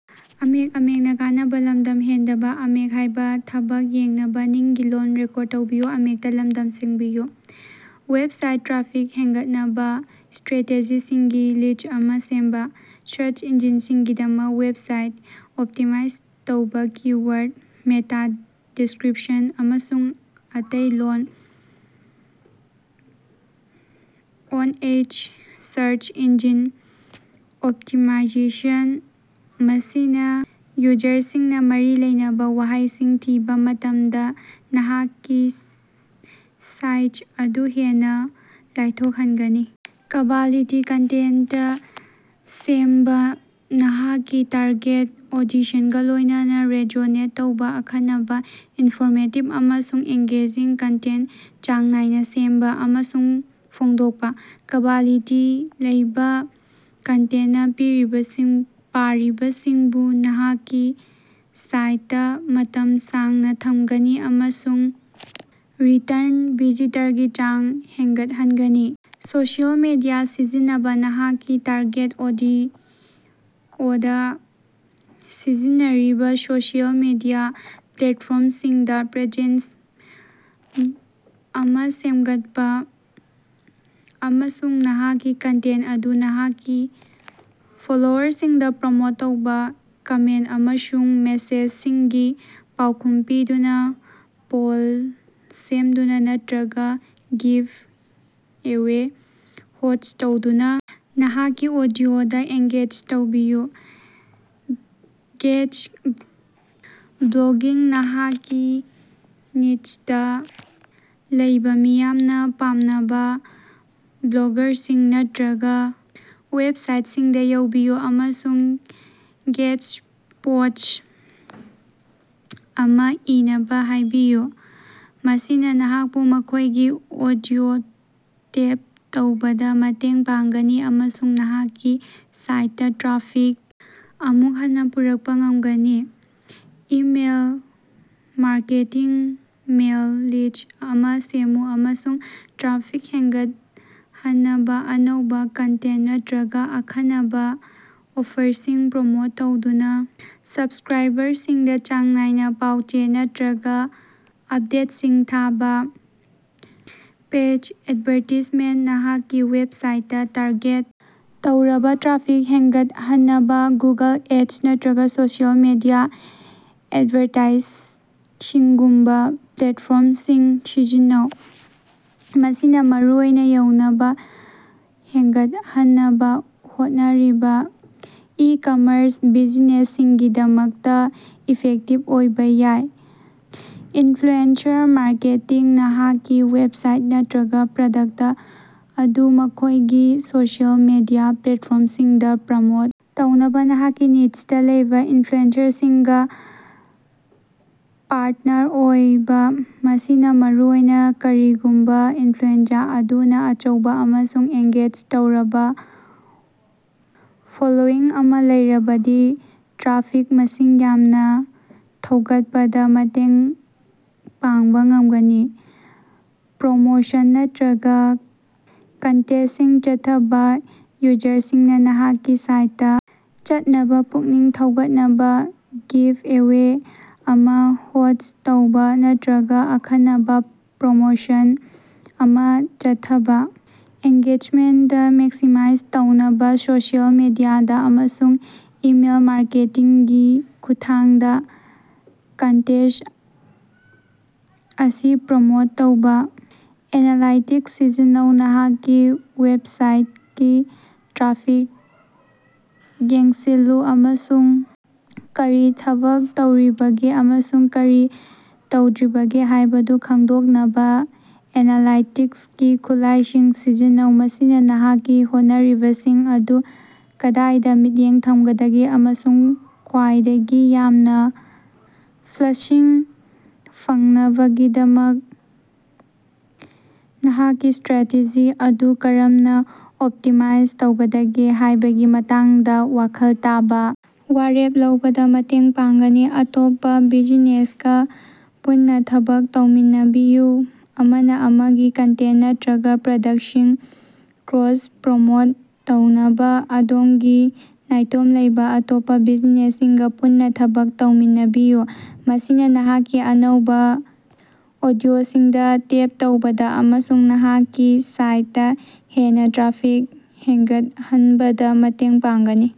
Website traffic ꯍꯦꯟꯒꯠꯅꯕꯥ ꯁ꯭ꯇꯔꯥꯇꯦꯖꯤꯁꯤꯡꯒꯤ list ꯑꯃꯥ ꯁꯦꯝꯕꯥ꯫ ꯁꯥꯔꯆ ꯏꯟꯖꯤꯟꯁꯤꯡꯒꯤꯗꯃꯛ ꯋꯦꯕꯁꯥꯏꯠ ꯑꯣꯞꯇꯤꯃꯥꯏꯖ ꯇꯧꯕ ꯀꯤ-ꯋꯥꯔꯗ, ꯃꯦꯇꯥ-ꯗꯤꯁ꯭ꯛꯔꯤꯄꯁꯟ, ꯑꯃꯁꯨꯡ ꯑꯇꯩ on page search engine optimization ꯃꯁꯤꯅꯥ ꯌꯨꯖꯔꯁꯤꯡꯅꯥ ꯃꯔꯤ ꯂꯩꯅꯕꯥ ꯋꯥꯍꯩꯁꯤꯡ ꯊꯤꯕꯥ ꯃꯇꯝꯗꯥ ꯅꯍꯥꯛꯀꯤ ꯁꯥꯏꯠ ꯑꯗꯨ ꯍꯦꯟꯅꯥ ꯂꯥꯏꯊꯣꯛꯍꯟꯒꯅꯤ꯫ ꯀ꯭ꯕꯥꯂꯤꯇꯤ ꯀꯟꯇꯦꯟꯇ ꯁꯦꯝꯕ ꯅꯍꯥꯛꯀꯤ ꯇꯥꯔꯒꯦꯠ ꯑꯣꯗꯤꯁꯟꯒꯥ ꯂꯣꯏꯅꯅꯥ ꯔꯦꯖꯣꯅꯦꯠ ꯇꯧꯕ ꯑꯈꯟꯅꯕꯥ, ꯏꯟꯐꯣꯔꯃꯦꯇꯤꯚ, ꯑꯃꯁꯨꯡ ꯑꯦꯉ꯭ꯒꯦꯖꯤꯡ ꯀꯟꯇꯦꯟꯇ ꯆꯥꯡ ꯅꯥꯏꯅꯥ ꯁꯦꯝꯕ ꯑꯃꯁꯨꯡ ꯐꯣꯡꯗꯣꯛꯄꯥ꯫ ꯀ꯭ꯕꯥꯂꯤꯇꯤ ꯂꯩꯕ ꯀꯟꯇꯦꯟꯇꯅꯥ ꯄꯥꯔꯤꯕꯁꯤꯡꯕꯨ ꯅꯍꯥꯛꯀꯤ ꯁꯥꯏꯇꯇꯥ ꯃꯇꯝ ꯁꯥꯡꯅꯥ ꯊꯝꯒꯅꯤ ꯑꯃꯁꯨꯡ ꯔꯤꯇꯔꯟ ꯚꯤꯖꯤꯇꯔꯀꯤ ꯆꯥꯡ ꯍꯦꯟꯒꯠꯍꯟꯒꯅꯤ꯫ ꯁꯣꯁꯤꯑꯦꯜ ꯃꯤꯗꯤꯌꯥ ꯁꯤꯖꯤꯟꯅꯕꯥ ꯅꯍꯥꯛꯀꯤ ꯇꯥꯔꯒꯦꯠ ꯑꯣꯗꯤꯑꯣꯗꯥ ꯁꯤꯖꯤꯟꯅꯔꯤꯕꯥ ꯁꯣꯁꯤꯑꯦꯜ ꯃꯤꯗꯤꯌꯥ ꯄ꯭ꯂꯦꯇꯐꯣꯔꯝꯁꯤꯡꯗꯥ ꯄ꯭ꯔꯦꯖꯦꯟꯁ ꯑꯃꯥ ꯁꯦꯝꯒꯠꯄꯥ ꯑꯃꯁꯨꯡ ꯅꯍꯥꯛꯀꯤ ꯀꯟꯇꯦꯟꯇ ꯑꯗꯨ ꯅꯍꯥꯛꯀꯤ ꯐꯣꯂꯣꯋꯔꯁꯤꯡꯗꯥ ꯄ꯭ꯔꯃꯣꯠ ꯇꯧꯕ꯫ ꯀꯃꯦꯟꯇ ꯑꯃꯁꯨꯡ ꯃꯦꯁꯦꯖꯁꯤꯡꯒꯤ ꯄꯥꯎꯈꯨꯝ ꯄꯤꯗꯨꯅꯥ, ꯄꯣꯜ ꯁꯦꯝꯗꯨꯅꯥ ꯅꯠꯇ꯭ꯔꯒꯥ ꯒꯤꯐ ꯑꯦꯋꯦ ꯍꯣꯁ꯭ꯠ ꯇꯧꯗꯨꯅꯥ ꯅꯍꯥꯛꯀꯤ ꯑꯣꯗꯤꯑꯣꯗꯥ ꯑꯦꯉ꯭ꯒꯦꯖ ꯇꯧꯕꯤꯌꯨ꯫ ꯒꯦꯁ꯭ꯠ ꯕ꯭ꯂꯣꯒꯤꯡ ꯅꯍꯥꯛꯀꯤ ꯅꯤꯆꯇꯥ ꯂꯩꯕꯥ ꯃꯤꯌꯥꯝꯅꯥ ꯄꯥꯝꯅꯕꯥ ꯕ꯭ꯂꯣꯒꯥꯔꯁꯤꯡ ꯅꯠꯇ꯭ꯔꯒꯥ ꯋꯦꯕꯁꯥꯏꯇꯁꯤꯡꯗꯥ ꯌꯧꯕꯤꯌꯨ ꯑꯃꯁꯨꯡ ꯒꯦꯁ꯭ꯠ ꯄꯣꯁ꯭ꯠ ꯑꯃꯥ ꯏꯅꯕꯥ ꯍꯥꯏꯕꯤꯌꯨ꯫ ꯃꯁꯤꯅꯥ ꯅꯍꯥꯛꯄꯨ ꯃꯈꯣꯏꯒꯤ ꯑꯣꯗꯤꯑꯣ ꯇꯦꯞ ꯇꯧꯕꯗꯥ ꯃꯇꯦꯡ ꯄꯥꯡꯒꯅꯤ ꯑꯃꯁꯨꯡ ꯅꯍꯥꯛꯀꯤ ꯁꯥꯏꯇꯇꯥ ꯇ꯭ꯔꯥꯐꯤꯛ ꯑꯃꯨꯛ ꯍꯟꯅꯥ ꯄꯨꯔꯛꯄꯥ ꯉꯝꯒꯅꯤ꯫ ꯏꯃꯦꯜ ꯃꯥꯔꯀꯦꯇꯤꯡ ꯃꯦꯜ ꯂꯤꯁ꯭ꯠ ꯑꯃꯥ ꯁꯦꯝꯃꯨ ꯑꯃꯁꯨꯡ ꯇ꯭ꯔꯥꯐꯤꯛ ꯍꯦꯅꯒꯠꯍꯟꯅꯕꯥ ꯑꯅꯧꯕꯥ ꯀꯟꯇꯦꯟꯇ ꯅꯠꯇ꯭ꯔꯒꯥ ꯑꯈꯟꯅꯕꯥ ꯑꯣꯐꯔꯁꯤꯡ ꯄ꯭ꯔꯃꯣꯠ ꯇꯧꯗꯨꯅꯥ ꯁꯕꯁ꯭ꯛꯔꯥꯏꯕꯔꯁꯤꯡꯗꯥ ꯆꯥꯡ ꯅꯥꯏꯅꯥ ꯄꯥꯎ ꯆꯦ ꯅꯠꯇ꯭ꯔꯒꯥ ꯑꯄꯗꯦꯠꯁꯤꯡ ꯊꯥꯕꯥ꯫ ꯄꯦꯏꯗ ꯑꯦꯗꯚꯥꯔꯇꯥꯏꯖꯃꯦꯟꯇ ꯅꯍꯥꯛꯀꯤ ꯋꯦꯕꯁꯥꯏꯇꯇꯥ ꯇꯥꯔꯒꯦꯠ ꯇꯧꯔꯕꯥ ꯇ꯭ꯔꯥꯐꯤꯛ ꯍꯦꯟꯒꯠꯍꯟꯅꯕꯥ ꯒꯨꯒꯜ ꯑꯦꯗꯁ ꯅꯠꯇ꯭ꯔꯒꯥ ꯁꯣꯁꯤꯑꯦꯜ ꯃꯤꯗꯤꯌꯥ ꯑꯦꯗꯚꯥꯔꯇꯥꯏꯁꯤꯡꯒꯨꯝꯕꯥ ꯄ꯭ꯂꯦꯇꯐꯣꯝꯁꯤꯡ ꯁꯤꯖꯤꯟꯅꯧ꯫ ꯃꯁꯤꯅꯥ ꯃꯔꯨꯑꯣꯏꯅꯥ ꯌꯧꯅꯕꯥ ꯍꯦꯟꯒꯠꯍꯟꯅꯕꯥ ꯍꯣꯠꯅꯔꯤꯕꯥ ꯏꯀꯝꯃꯔꯁ ꯕꯤꯖꯤꯅꯦꯁꯁꯤꯡꯒꯤꯗꯃꯛꯇꯥ ꯏꯐꯦꯛꯇꯤꯚ ꯑꯣꯏꯕ ꯌꯥꯏ꯫ ꯏꯟꯐ꯭ꯂꯨꯑꯦꯟꯁꯔ ꯃꯥꯔꯀꯦꯇꯤꯡ ꯅꯍꯥꯛꯀꯤ ꯋꯦꯕꯁꯥꯏꯠ ꯅꯠꯇ꯭ꯔꯒꯥ ꯄ꯭ꯔꯗꯛꯇ ꯑꯗꯨ ꯃꯈꯣꯏꯒꯤ ꯁꯣꯁꯤꯑꯦꯜ ꯃꯤꯗꯤꯌꯥ ꯄ꯭ꯂꯦꯠꯐꯣꯝꯁꯤꯡꯗꯥ ꯄ꯭ꯔꯃꯣꯠ ꯇꯧꯅꯕꯥ ꯅꯍꯥꯛꯀꯤ ꯅꯤꯆꯇꯥ ꯂꯩꯕꯥ ꯏꯟꯐ꯭ꯂꯨꯑꯦꯟꯁꯔꯁꯤꯡꯒꯥ ꯄꯥꯔꯇꯅꯔ ꯑꯣꯏꯕ꯫ ꯃꯁꯤꯅꯥ ꯃꯔꯨꯑꯣꯏꯅꯥ ꯀꯔꯤꯒꯨꯝꯕꯥ ꯏꯟꯐ꯭ꯂꯨꯑꯦꯟꯖꯥ ꯑꯗꯨꯅꯥ ꯑꯆꯧꯕꯥ ꯑꯃꯁꯨꯡ ꯑꯦꯡꯒꯦꯖ ꯇꯧꯔꯕꯥ ꯐꯣꯂꯣꯋꯤꯡ ꯑꯃꯥ ꯂꯩꯔꯕꯗꯤ ꯇ꯭ꯔꯥꯐꯤꯛ ꯃꯁꯤꯡ ꯌꯥꯝꯅꯥ ꯊꯧꯒꯠꯄꯗꯥ ꯃꯇꯦꯡ ꯄꯥꯡꯕꯥ ꯉꯝꯒꯅꯤ꯫ ꯄ꯭ꯔꯣꯃꯣꯁꯟ ꯅꯠꯔꯒꯥ ꯀꯟꯇꯦꯁ꯭ꯇꯁꯤꯡ ꯆꯠꯊꯕꯥ ꯌꯨꯖꯔꯁꯤꯡꯅꯥ ꯅꯍꯥꯛꯀꯤ ꯁꯥꯏꯠꯇꯥ ꯆꯠꯅꯕꯥ ꯄꯨꯛꯅꯤꯡ ꯊꯧꯒꯠꯅꯕꯥ ꯒꯤꯐ ꯑꯦꯋꯦ ꯑꯃꯥ ꯍꯣꯁ꯭ꯠ ꯇꯧꯕ ꯅꯠꯇ꯭ꯔꯒꯥ ꯑꯈꯟꯅꯕꯥ ꯄ꯭ꯔꯣꯃꯣꯁꯟ ꯑꯃꯥ ꯆꯠꯊꯕꯥ꯫ ꯑꯦꯉ꯭ꯒꯦꯖꯃꯦꯟꯇ ꯃꯦꯛꯁꯤꯃꯥꯏꯖ ꯇꯧꯅꯕꯥ ꯁꯣꯁꯤꯑꯦꯜ ꯃꯤꯗꯤꯌꯥꯗꯥ ꯑꯃꯁꯨꯡ ꯏꯃꯦꯜ ꯃꯥꯔꯀꯦꯇꯤꯡꯒꯤ ꯈꯨꯠꯊꯥꯡꯗꯥ ꯀꯟꯇꯦꯁ꯭ꯠ ꯑꯁꯤ ꯄ꯭ꯔꯃꯣꯠ ꯇꯧꯕꯥ꯫ ꯑꯦꯅꯥꯂꯥꯏꯇꯤꯛꯁ ꯁꯤꯖꯤꯟꯅꯧ ꯅꯍꯥꯛꯀꯤ ꯋꯦꯕꯁꯥꯏꯇꯀꯤ ꯇ꯭ꯔꯥꯐꯤꯛ ꯌꯦꯡꯁꯤꯜꯂꯨ ꯑꯃꯁꯨꯡ ꯀꯔꯤ ꯊꯕꯛ ꯇꯧꯔꯤꯕꯒꯦ ꯑꯃꯁꯨꯡ ꯀꯔꯤ ꯇꯧꯗ꯭ꯔꯤꯕꯒꯦ ꯍꯥꯏꯕꯗꯨ ꯈꯪꯗꯣꯛꯅꯕꯥ ꯑꯦꯅꯥꯂꯥꯏꯇꯤꯛꯁꯀꯤ ꯈꯨꯠꯂꯥꯏꯁꯤꯡ ꯁꯤꯖꯤꯟꯅꯧ꯫ ꯃꯁꯤꯅꯥ ꯅꯍꯥꯛꯀꯤ ꯍꯣꯠꯅꯔꯤꯕꯁꯤꯡ ꯑꯗꯨ ꯀꯗꯥꯏꯗꯥ ꯃꯤꯠꯌꯦꯡ ꯊꯝꯒꯗꯒꯦ ꯑꯃꯁꯨꯡ ꯈ꯭ꯋꯥꯏꯗꯒꯤ ꯌꯥꯝꯅꯥ ꯐꯂꯁꯤꯡ ꯐꯪꯅꯕꯒꯤꯗꯃꯛ ꯅꯍꯥꯛꯀꯤ ꯁ꯭ꯠꯔꯥꯇꯦꯖꯤ ꯑꯗꯨ ꯀꯔꯝꯅꯥ ꯑꯣꯞꯇꯤꯃꯥꯏꯖ ꯇꯧꯒꯗꯒꯦ ꯍꯥꯏꯕꯒꯤ ꯃꯇꯥꯡꯗꯥ ꯋꯥꯈꯜ ꯇꯥꯕ ꯋꯥꯔꯦꯞ ꯂꯧꯕꯗꯥ ꯃꯇꯦꯡ ꯄꯥꯡꯒꯅꯤ꯫ ꯑꯇꯣꯞꯄꯥ ꯕꯤꯖꯤꯅꯦꯁꯒꯥ ꯄꯨꯟꯅꯥ ꯊꯕꯛ ꯇꯧꯃꯤꯟꯅꯕꯤꯌꯨ ꯑꯃꯅꯥ ꯑꯃꯒꯤ ꯀꯟꯇꯦꯟꯇ ꯅꯠꯔꯒꯥ ꯄ꯭ꯔꯗꯛꯇꯁꯤꯡ ꯀ꯭ꯔꯣꯁ ꯄ꯭ꯔꯣꯃꯣꯠ ꯇꯧꯅꯕꯥ ꯑꯗꯣꯝꯒꯤ ꯅꯥꯏꯇꯣꯝ ꯂꯩꯕ ꯑꯇꯣꯞꯄꯥ ꯕꯤꯖꯤꯅꯦꯁꯁꯤꯡꯒꯥ ꯄꯨꯟꯅꯥ ꯊꯕꯛ ꯇꯧꯃꯤꯟꯅꯕꯤꯌꯨ꯫ ꯃꯁꯤꯅꯥ ꯅꯍꯥꯛꯄꯨ ꯑꯅꯧꯕꯥ ꯑꯣꯗꯤꯑꯣꯁꯤꯡꯗꯥ ꯇꯦꯞ ꯇꯧꯕꯗꯥ ꯑꯃꯁꯨꯡ ꯅꯍꯥꯛꯀꯤ ꯁꯥꯏꯇꯇꯥ ꯍꯦꯟꯅꯥ ꯇ꯭ꯔꯥꯐꯤꯛ ꯍꯦꯟꯒꯠꯍꯟꯕꯗꯥ ꯃꯇꯦꯡ ꯄꯥꯡꯒꯅꯤ꯫